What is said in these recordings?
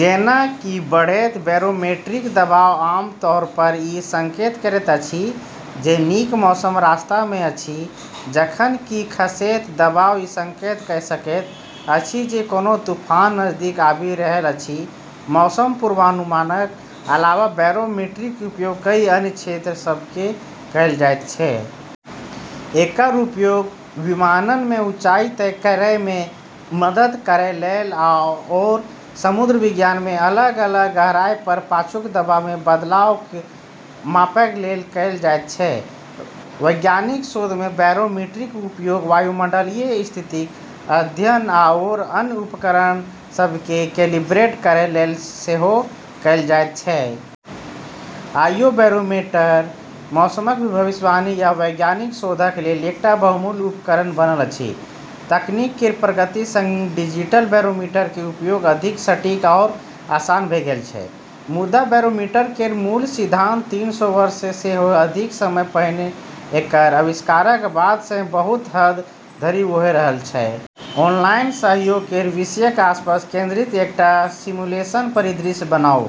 जेना कि बढ़ैत बैरोमीटरिक दबाव आमतौरपर ई संकेत करैत अछि जे नीक मौसम रास्तामे अछि, जखन कि खसैत दबाव ई संकेत कऽ सकैत अछि जे कोनो तूफान नजदीक आबि रहल अछि। मौसम पूर्वानुमानक अलावा बैरोमीटरक उपयोग कई अन्य क्षेत्र सभमे कएल जाइत छै। एकर उपयोग विमाननमे ऊँचाई तय करैमे मदद करै लेल आओर समुद्र विज्ञानमे अलग-अलग गहराईपर पाछूक दबावमे बदलावक मापै लेल कएल जाइत छै। वैज्ञानिक शोधमे बैरोमीटरक उपयोग वायुमंडलीय स्थितिक अध्ययन आओर अन्य उपकरण सभकेँ कैलिब्रेट करै लेल सेहो कएल जाइत छै। आइयो बैरोमीटर मौसमक भविष्यवाणी आ वैज्ञानिक शोधक लेल एकटा बहुमूल्य उपकरण बनल अछि। तकनीक केर प्रगति संग डिजिटल बैरोमीटर केर उपयोग अधिक सटीक आओर आसान भऽ गेल छै। मुदा बैरोमीटर केर मूल सिद्धांत तीन सौ वर्षसँ सेहो अधिक समय पहिने एकर आविष्कारक बादसँ ही बहुत हद धरि ओही रहल छै। ऑनलाइन सहयोग केर विषयक आसपास केंद्रित एकटा सिमुलेशन परिदृश्य बनाउ।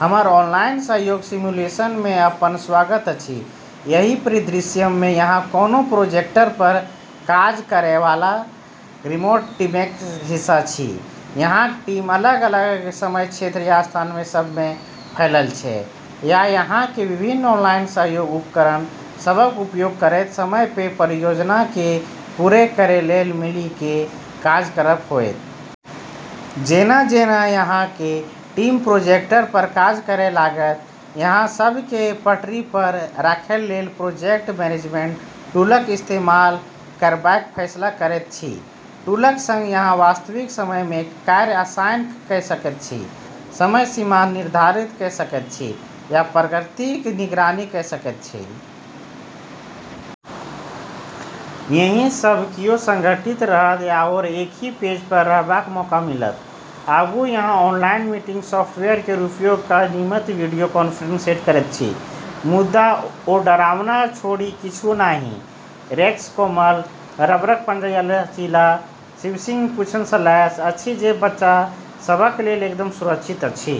हमर ऑनलाइन सहयोग सिमुलेशनमे अपन स्वागत अछि! एहि परिदृश्यमे अहाँ कोनो प्रोजेक्टपर काज करैवाला रिमोट टीमक हिस्सा छी। अहाँक टीम अलग-अलग समय क्षेत्र आ स्थान सभमे फैलल छै, आ अहाँकेँ विभिन्न ऑनलाइन सहयोग उपकरण सभक उपयोग करैत समयपर परियोजनाकेँ पूरा करै लेल मिलि कऽ काज करब होयत। जेना-जेना अहाँक टीम प्रोजेक्टपर काज करै लागत, अहाँ सभकेँ पटरीपर राखै लेल प्रोजेक्ट मैनेजमेंट टूलक इस्तेमाल करबाक फैसला करैत छी। टूलक संग, अहाँ वास्तविक समयमे कार्य असाइन कऽ सकैत छी, समय सीमा निर्धारित कऽ सकैत छी आ प्रगतिक निगरानी कऽ सकैत छी। एहिसँ सब कियो संगठित रहत आओर एकही पेजपर रहबाक मौका मिलत। आगू, अहाँ ऑनलाइन मीटिंग सॉफ्टवेयर केर उपयोग कऽ नियमित वीडियो कॉन्फ्रेंस सेट करैत छी। मुदा, ओ डरावना छोड़ि किछुओ नहि, रेक्स कोमल, रबरक पंजा आ लचीला, स्विशिंग पूँछसँ लैस अछि जे बच्चा सभक लेल एकदम सुरक्षित अछि।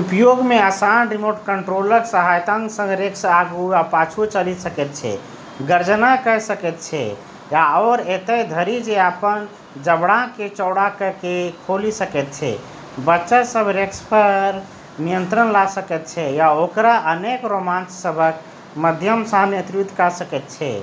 उपयोगमे आसान रिमोट कंट्रोलक सहायतासँ रेक्स आगू वा पाछू चलि सकैत छै, गर्जना कऽ सकैत छै, आओर एतय धरि जे अपन जबड़ाकेँ चौड़ा कऽ कऽ खोलि सकैत छै। बच्चा सभ रेक्सपर नियंत्रण लऽ सकैत छै आ ओकरा अनेक रोमांच सभक माध्यमसँ नेतृत्व कऽ सकैत छै।